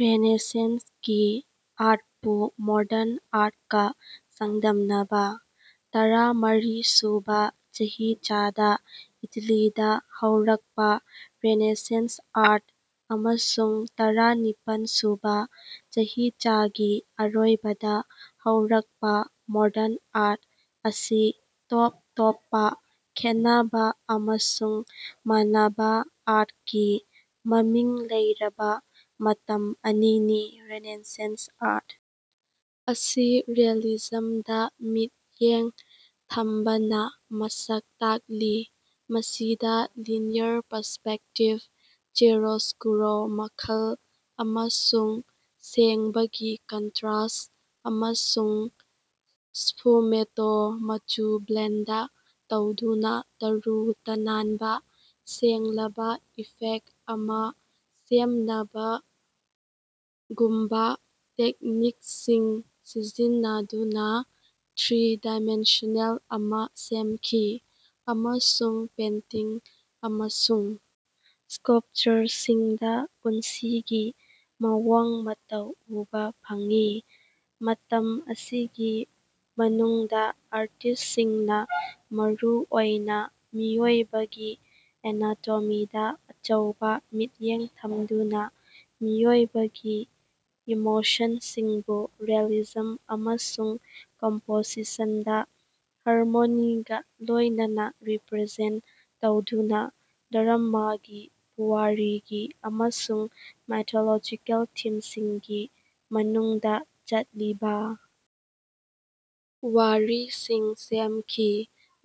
ꯔꯦꯅꯦꯁꯟꯁꯀꯤ ꯑꯥꯔꯠꯄꯨ modern ꯑꯥꯔꯠꯀ ꯆꯥꯡꯗꯝꯅꯕ꯫ ꯇꯔꯥꯃꯔꯤ ꯁꯨꯕ ꯆꯍꯤꯆꯥꯗ ꯏꯇꯥꯂꯤꯗ ꯍꯧꯔꯛꯄ ꯔꯦꯅꯦꯁꯟꯁ ꯑꯥꯔꯠ ꯑꯃꯁꯨꯡ ꯇꯔꯥꯅꯤꯄꯜ ꯁꯨꯕ ꯆꯍꯤꯆꯥꯒꯤ ꯑꯔꯣꯏꯕꯗ ꯍꯧꯔꯛꯄ ꯃꯣꯗꯔꯟ ꯑꯥꯔꯠ ꯑꯁꯤ ꯇꯣꯞ ꯇꯣꯞꯄ ꯈꯦꯠꯅꯕ ꯑꯃꯁꯨꯡ ꯃꯥꯟꯅꯕ ꯑꯥꯔꯠꯀꯤ ꯃꯃꯤꯡ ꯂꯩꯔꯕ ꯃꯇꯝ ꯑꯅꯤꯅꯤ꯫ ꯔꯦꯅꯦꯁꯟꯁ ꯑꯥꯔꯠ ꯑꯁꯤ ꯔꯤꯑꯦꯂꯤꯖꯝꯗ ꯃꯤꯠꯌꯦꯡ ꯊꯝꯕꯅ ꯃꯁꯛ ꯇꯥꯛꯂꯤ, ꯃꯁꯤꯗ ꯂꯤꯅꯤꯌꯔ ꯄꯔꯁꯄꯦꯛꯇꯤꯕ, ꯆꯤꯌꯥꯔꯣꯁꯀꯨꯔꯣ (ꯃꯉꯥꯜ ꯑꯃꯁꯨꯡ ꯁꯦꯡꯕꯒꯤ ꯀꯟꯇ꯭ꯔꯁ), ꯑꯃꯁꯨꯡ ꯁ꯭ꯐꯨꯃꯦꯇꯣ (ꯃꯆꯨ ꯕ꯭ꯂꯦꯟꯗ ꯇꯧꯗꯨꯅ ꯇꯔꯨ ꯇꯅꯥꯟꯕ, ꯁꯦꯡꯂꯕ ꯏꯐꯦꯛ ꯑꯃ ꯁꯦꯝꯅꯕ)ꯒꯨꯝꯕ ꯇꯦꯛꯅꯤꯛꯁꯤꯡ ꯁꯤꯖꯤꯟꯅꯗꯨꯅ ꯊ꯭ꯔꯤ-ꯗꯤꯃꯦꯟꯁꯤꯌꯦꯜ ꯑꯃ ꯁꯦꯝꯈꯤ꯫ ꯑꯃꯁꯨꯡ ꯄꯦꯟꯇꯤꯡ ꯑꯃꯁꯨꯡ ꯁ꯭ꯀꯥꯂꯞꯆꯔꯁꯤꯡꯗ ꯄꯨꯟꯁꯤꯒꯤ ꯃꯑꯣꯡ ꯃꯇꯧ ꯎꯕ ꯐꯪꯏ꯫ ꯃꯇꯝ ꯑꯁꯤꯒꯤ ꯃꯅꯨꯡꯗ ꯑꯥꯔꯇꯤꯁꯁꯤꯡꯅ ꯃꯔꯨ ꯑꯣꯏꯅ ꯃꯤꯑꯣꯏꯕꯒꯤ ꯑꯦꯅꯥꯇꯣꯃꯤꯗ ꯑꯆꯧꯕ ꯃꯤꯠꯌꯦꯡ ꯊꯝꯗꯨꯅ, ꯃꯤꯑꯣꯏꯕꯒꯤ ꯏꯃꯣꯁꯟꯁꯤꯡꯕꯨ ꯔꯤꯑꯦꯂꯤꯖꯝ ꯑꯃꯁꯨꯡ ꯀꯝꯄꯣꯖꯤꯁꯟꯗ ꯍꯥꯔꯃꯣꯅꯤꯒ ꯂꯣꯏꯅꯅ ꯔꯤꯄ꯭ꯔꯖꯦꯟꯠ ꯇꯧꯗꯨꯅ ꯙꯔꯝꯃꯒꯤ, ꯄꯨꯋꯥꯔꯤꯒꯤ ꯑꯃꯁꯨꯡ ꯃꯥꯏꯊꯣꯂꯣꯖꯤꯀꯦꯜ ꯊꯤꯝꯁꯤꯡꯒꯤ ꯃꯅꯨꯡꯗ ꯆꯠꯂꯤꯕ ꯋꯥꯔꯤꯁꯤꯡ ꯁꯦꯝꯈꯤ꯫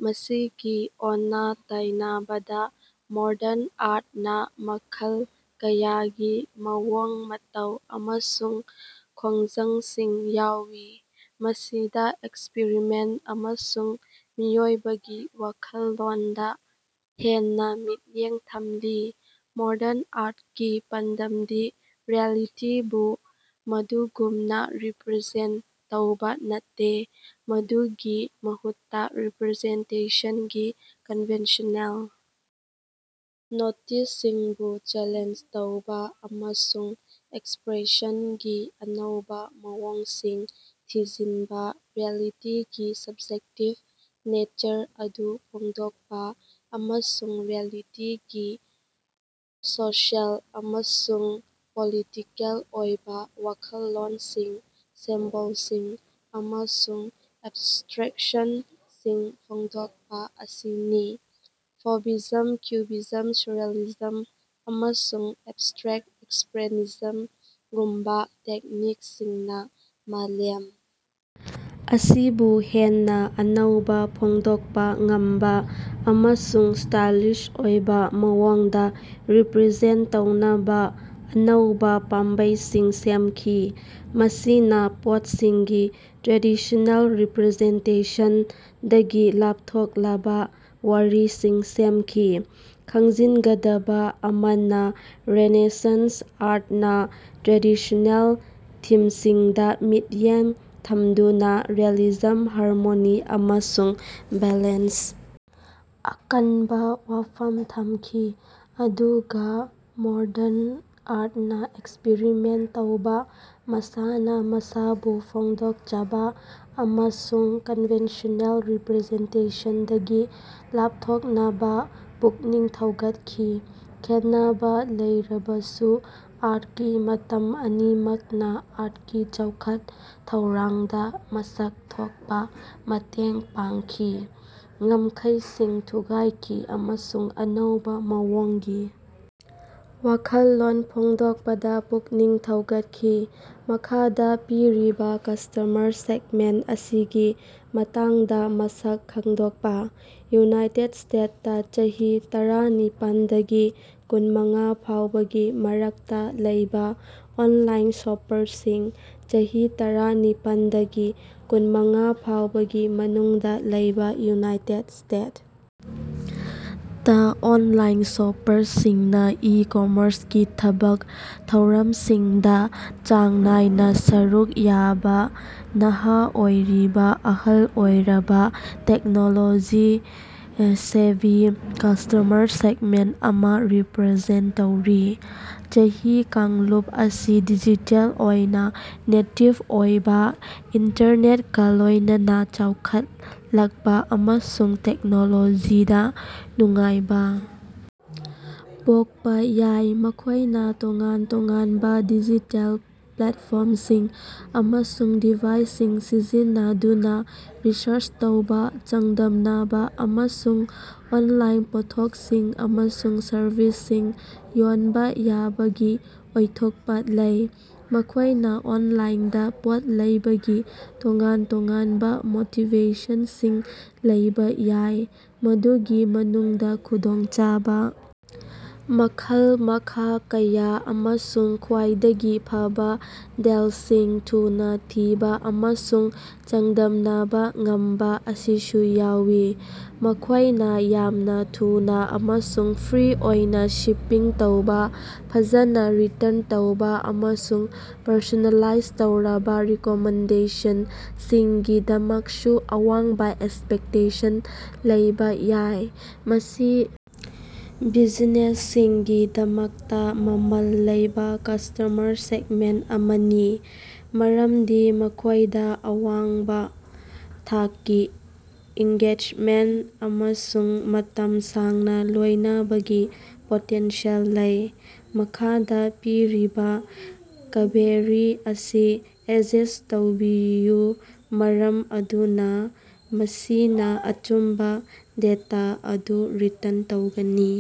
ꯃꯁꯤꯒꯤ ꯑꯣꯟꯅ-ꯇꯩꯅꯕꯗ, ꯃꯣꯗꯔꯟ ꯑꯥꯔꯠꯅ ꯃꯈꯜ ꯀꯌꯥꯒꯤ ꯃꯑꯣꯡ ꯃꯇꯧ ꯑꯃꯁꯨꯡ ꯈꯣꯡꯖꯪꯁꯤꯡ ꯌꯥꯎꯏ, ꯃꯁꯤꯗ ꯑꯦꯛꯁꯄꯔꯤꯃꯦꯟꯠ ꯑꯃꯁꯨꯡ ꯃꯤꯑꯣꯏꯕꯒꯤ ꯋꯥꯈꯜꯂꯣꯟꯗ ꯍꯦꯟꯅ ꯃꯤꯠꯌꯦꯡ ꯊꯝꯂꯤ꯫ ꯃꯣꯗꯔꯟ ꯑꯥꯔꯠꯀꯤ ꯄꯥꯟꯗꯝꯗꯤ ꯔꯤꯑꯦꯂꯤꯇꯤꯕꯨ ꯃꯗꯨꯒꯨꯝꯅ ꯔꯤꯄ꯭ꯔꯖꯦꯟꯠ ꯇꯧꯕ ꯅꯠꯇꯦ, ꯃꯗꯨꯒꯤ ꯃꯍꯨꯠꯇ ꯔꯤꯄ꯭ꯔꯖꯦꯟꯇꯦꯁꯟꯒꯤ ꯀꯟꯚꯦꯟꯁꯅꯦꯜ ꯅꯣꯇꯤꯁꯁꯤꯡꯕꯨ ꯆꯦꯂꯦꯟꯖ ꯇꯧꯕ ꯑꯃꯁꯨꯡ ꯑꯦꯛꯁꯄ꯭ꯔꯦꯁꯟꯒꯤ ꯑꯅꯧꯕ ꯃꯑꯣꯡꯁꯤꯡ ꯊꯤꯖꯤꯟꯕ, ꯔꯤꯑꯦꯂꯤꯇꯤꯒꯤ ꯁꯕ꯭ꯖꯦꯛꯇꯤꯕ ꯅꯦꯆꯔ ꯑꯗꯨ ꯐꯣꯡꯗꯣꯛꯄ, ꯑꯃꯁꯨꯡ ꯔꯤꯑꯦꯂꯤꯇꯤꯒꯤ ꯁꯣꯁꯤꯑꯦꯜ ꯑꯃꯁꯨꯡ ꯄꯣꯂꯤꯇꯤꯀꯦꯜ ꯑꯣꯏꯕ ꯋꯥꯈꯜꯂꯣꯟꯁꯤꯡ, ꯁꯤꯝꯕꯣꯜꯁꯤꯡ ꯑꯃꯁꯨꯡ ꯑꯦꯕꯁꯇ꯭ꯔꯦꯛꯁꯟꯁꯤꯡ ꯐꯣꯡꯗꯣꯛꯄ ꯑꯁꯤꯅꯤ꯫ ꯐꯧꯚꯤꯖꯝ, ꯀ꯭ꯌꯨꯕꯤꯖꯝ, ꯁꯔꯔꯤꯌꯥꯂꯤꯖꯝ ꯑꯃꯁꯨꯡ ꯑꯦꯕꯁꯇ꯭ꯔꯦꯛꯇ ꯑꯦꯛꯁꯄ꯭ꯔꯦꯁꯅꯤꯖꯝꯒꯨꯝꯕ ꯇꯦꯛꯅꯤꯛꯁꯤꯡꯅ ꯃꯥꯂꯦꯝ ꯑꯁꯤꯕꯨ ꯍꯦꯟꯅ ꯑꯅꯧꯕ, ꯐꯣꯡꯗꯣꯛꯄ ꯉꯝꯕ ꯑꯃꯁꯨꯡ ꯁ꯭ꯇꯥꯏꯂꯏꯖ ꯑꯣꯏꯕ ꯃꯑꯣꯡꯗ ꯔꯤꯄ꯭ꯔꯖꯦꯟꯠ ꯇꯧꯅꯕ ꯑꯅꯧꯕ ꯄꯥꯝꯕꯩꯁꯤꯡ ꯁꯦꯝꯈꯤ, ꯃꯁꯤꯅ ꯄꯣꯠꯁꯤꯡꯒꯤ ꯇ꯭ꯔꯦꯗꯤꯁꯅꯦꯜ ꯔꯤꯄ꯭ꯔꯖꯦꯟꯇꯦꯁꯟꯗꯒꯤ ꯂꯥꯞꯊꯣꯛꯂꯕ ꯋꯥꯔꯤꯁꯤꯡ ꯁꯦꯝꯈꯤ꯫ ꯈꯪꯖꯤꯟꯒꯗꯕ ꯑꯃꯅ, ꯔꯦꯅꯦꯁꯟꯁ ꯑꯥꯔꯠꯅ ꯇ꯭ꯔꯦꯗꯤꯁꯅꯦꯜ ꯊꯤꯝꯁꯤꯡꯗ ꯃꯤꯠꯌꯦꯡ ꯊꯝꯗꯨꯅ ꯔꯤꯑꯦꯂꯤꯖꯝ, ꯍꯥꯔꯃꯣꯅꯤ ꯑꯃꯁꯨꯡ ꯕꯦꯂꯦꯟꯁꯇ ꯑꯀꯟꯕ ꯋꯥꯐꯝ ꯊꯝꯈꯤ, ꯑꯗꯨꯒ ꯃꯣꯗꯔꯟ ꯑꯥꯔꯠꯅ ꯑꯦꯛꯁꯄ꯭ꯔꯤꯃꯦꯟꯠ ꯇꯧꯕ, ꯃꯁꯥꯅ ꯃꯁꯥꯕꯨ ꯐꯣꯡꯗꯣꯛꯆꯕ ꯑꯃꯁꯨꯡ ꯀꯟꯚꯦꯟꯁꯅꯦꯜ ꯔꯤꯄ꯭ꯔꯖꯦꯟꯇꯦꯁꯟꯗꯒꯤ ꯂꯥꯞꯊꯣꯛꯅꯕ ꯄꯨꯛꯅꯤꯡ ꯊꯧꯒꯠꯈꯤ꯫ ꯈꯦꯟꯅꯕ ꯂꯩꯔꯕꯁꯨ ꯑꯥꯔꯠꯀꯤ ꯃꯇꯝ ꯑꯅꯤꯃꯛꯅ ꯑꯥꯔꯠꯀꯤ ꯆꯥꯎꯈꯠ-ꯊꯧꯔꯥꯡꯗ ꯃꯁꯛ ꯊꯣꯛꯄ ꯃꯇꯦꯡ ꯄꯥꯡꯈꯤ, ꯉꯝꯈꯩꯁꯤꯡ ꯊꯨꯒꯥꯏꯈꯤ ꯑꯃꯁꯨꯡ ꯑꯅꯧꯕ ꯃꯑꯣꯡꯒꯤ ꯋꯥꯈꯜꯂꯣꯟ ꯐꯣꯡꯗꯣꯛꯄꯗ ꯄꯨꯛꯅꯤꯡ ꯊꯧꯒꯠꯈꯤ꯫ ꯃꯈꯥꯗ ꯄꯤꯔꯤꯕ ꯀꯁꯇꯃꯔ ꯁꯦꯒꯃꯦꯟꯠ ꯑꯁꯤꯒꯤ ꯃꯇꯥꯡꯗ ꯃꯁꯛ ꯈꯪꯗꯣꯛꯄ꯫ ꯌꯨꯅꯥꯏꯇꯦꯗ ꯁ꯭ꯇꯦꯠ ꯇ ꯆꯍꯤ ꯇꯔꯥꯅꯤꯄꯥꯜ ꯗꯒꯤ ꯀꯨꯟꯃꯉꯥ ꯐꯥꯎꯕꯒꯤ ꯃꯔꯛꯇ ꯂꯩꯕ ꯑꯣꯟꯂꯥꯏꯟ ꯁꯣꯄꯔꯁꯤꯡ꯫ ꯆꯍꯤ ꯇꯔꯥꯅꯤꯄꯥꯜ ꯗꯒꯤ ꯀꯨꯟꯃꯉꯥ ꯐꯥꯎꯕꯒꯤ ꯃꯅꯨꯡꯗ ꯂꯩꯕ ꯌꯨꯅꯥꯏꯇꯦꯗ ꯁ꯭ꯇꯦꯠ ꯇ ꯑꯣꯟꯂꯥꯏꯟ ꯁꯣꯄꯔꯁꯤꯡꯅ ꯏ-ꯀꯝꯃꯔꯁꯀꯤ ꯊꯕꯛ ꯊꯧꯔꯝꯁꯤꯡꯗ ꯆꯥꯡ ꯅꯥꯏꯅ ꯁꯔꯨꯛ ꯌꯥꯕ ꯅꯍꯥ ꯑꯣꯏꯔꯤꯕ ꯑꯍꯜ ꯑꯣꯏꯔꯕ, ꯇꯦꯛꯅꯣꯂꯣꯖꯤ-ꯁꯦꯚꯤ ꯀꯁꯇꯃꯔ ꯁꯦꯒꯃꯦꯟꯠ ꯑꯃ ꯔꯤꯄ꯭ꯔꯖꯦꯟꯠ ꯇꯧꯔꯤ꯫ ꯆꯍꯤ ꯀꯥꯡꯂꯨꯞ ꯑꯁꯤ ꯗꯤꯖꯤꯇꯦꯜ ꯑꯣꯏꯅ ꯅꯦꯇꯤꯕ ꯑꯣꯏꯕ, ꯏꯟꯇꯔꯅꯦꯠꯀ ꯂꯣꯏꯅꯅ ꯆꯥꯎꯈꯠꯂꯛꯄ ꯑꯃꯁꯨꯡ ꯇꯦꯛꯅꯣꯂꯣꯖꯤꯗ ꯅꯨꯡꯉꯥꯏꯕ ꯄꯣꯛꯄ ꯌꯥꯏ꯫ ꯃꯈꯣꯏꯅ ꯇꯣꯉꯥꯟ ꯇꯣꯉꯥꯟꯕ ꯗꯤꯖꯤꯇꯦꯜ ꯄ꯭ꯂꯦꯠꯐꯣꯔꯝꯁꯤꯡ ꯑꯃꯁꯨꯡ ꯗꯤꯚꯥꯏꯁꯁꯤꯡ ꯁꯤꯖꯤꯟꯅꯗꯨꯅ ꯔꯤꯁꯔꯆ ꯇꯧꯕ, ꯆꯥꯡꯗꯝꯅꯕ ꯑꯃꯁꯨꯡ ꯑꯣꯟꯂꯥꯏꯟ ꯄꯣꯠꯊꯣꯛꯁꯤꯡ ꯑꯃꯁꯨꯡ ꯁꯔꯕꯤꯁꯁꯤꯡ ꯌꯣꯟꯕ ꯌꯥꯕꯒꯤ ꯑꯣꯏꯊꯣꯛꯄ ꯂꯩ꯫ ꯃꯈꯣꯏꯅ ꯑꯣꯟꯂꯥꯏꯟꯗ ꯄꯣꯠ ꯂꯩꯕꯒꯤ ꯇꯣꯉꯥꯟ-ꯇꯣꯉꯥꯟꯕ ꯃꯣꯇꯤꯚꯦꯁꯟꯁꯤꯡ ꯂꯩꯕ ꯌꯥꯏ, ꯃꯗꯨꯒꯤ ꯃꯅꯨꯡꯗ ꯈꯨꯗꯣꯡꯆꯥꯕ, ꯃꯈꯜ-ꯃꯈꯥ ꯀꯌꯥ, ꯑꯃꯁꯨꯡ ꯈ꯭ꯋꯥꯏꯗꯒꯤ ꯐꯕ ꯗꯤꯜꯁꯤꯡ ꯊꯨꯅ ꯊꯤꯕ ꯑꯃꯁꯨꯡ ꯆꯥꯡꯗꯝꯅꯕ ꯉꯝꯕ ꯑꯁꯤꯁꯨ ꯌꯥꯎꯏ꯫ ꯃꯈꯣꯏꯅ ꯌꯥꯝꯅ ꯊꯨꯅ ꯑꯃꯁꯨꯡ ꯐ꯭ꯔꯤ ꯑꯣꯏꯅ ꯁꯤꯄꯤꯡ ꯇꯧꯕ, ꯐꯖꯅ ꯔꯤꯇꯔꯟ ꯇꯧꯕ, ꯑꯃꯁꯨꯡ ꯄꯔꯁꯣꯅꯦꯂꯥꯏꯖ ꯇꯧꯔꯕ ꯔꯤꯀꯃꯦꯟꯗꯦꯁꯟꯁꯤꯡꯒꯤꯗꯃꯛꯁꯨ ꯑꯋꯥꯡꯕ ꯑꯦꯛꯁꯄꯦꯛꯇꯦꯁꯟ ꯂꯩꯕ ꯌꯥꯏ꯫ ꯃꯁꯤ ꯕꯤꯖꯤꯅꯦꯁꯁꯤꯡꯒꯤꯗꯃꯛꯇ ꯃꯃꯜ ꯂꯩꯕ ꯀꯁꯇꯃꯔ ꯁꯦꯒꯃꯦꯟꯠ ꯑꯃꯅꯤ, ꯃꯔꯝꯗꯤ ꯃꯈꯣꯏꯗ ꯑꯋꯥꯡꯕ ꯊꯥꯛꯀꯤ ꯑꯦꯡꯒꯦꯖꯃꯦꯟꯠ ꯑꯃꯁꯨꯡ ꯃꯇꯝ ꯁꯥꯡꯅ ꯂꯣꯏꯅꯕꯒꯤ ꯄꯣꯇꯦꯟꯁꯤꯌꯦꯜ ꯂꯩ꯫ ꯃꯈꯥꯗ ꯄꯤꯔꯤꯕ ꯀꯕꯦꯔꯤ ꯑꯁꯤ ꯑꯦꯗꯖꯁ ꯇꯧꯕꯤꯌꯨ ꯃꯔꯝ ꯑꯗꯨꯅ ꯃꯁꯤꯅ ꯑꯆꯨꯝꯕ ꯗꯦꯇꯥ ꯑꯗꯨ ꯔꯤꯇꯔꯟ ꯇꯧꯒꯅꯤ꯫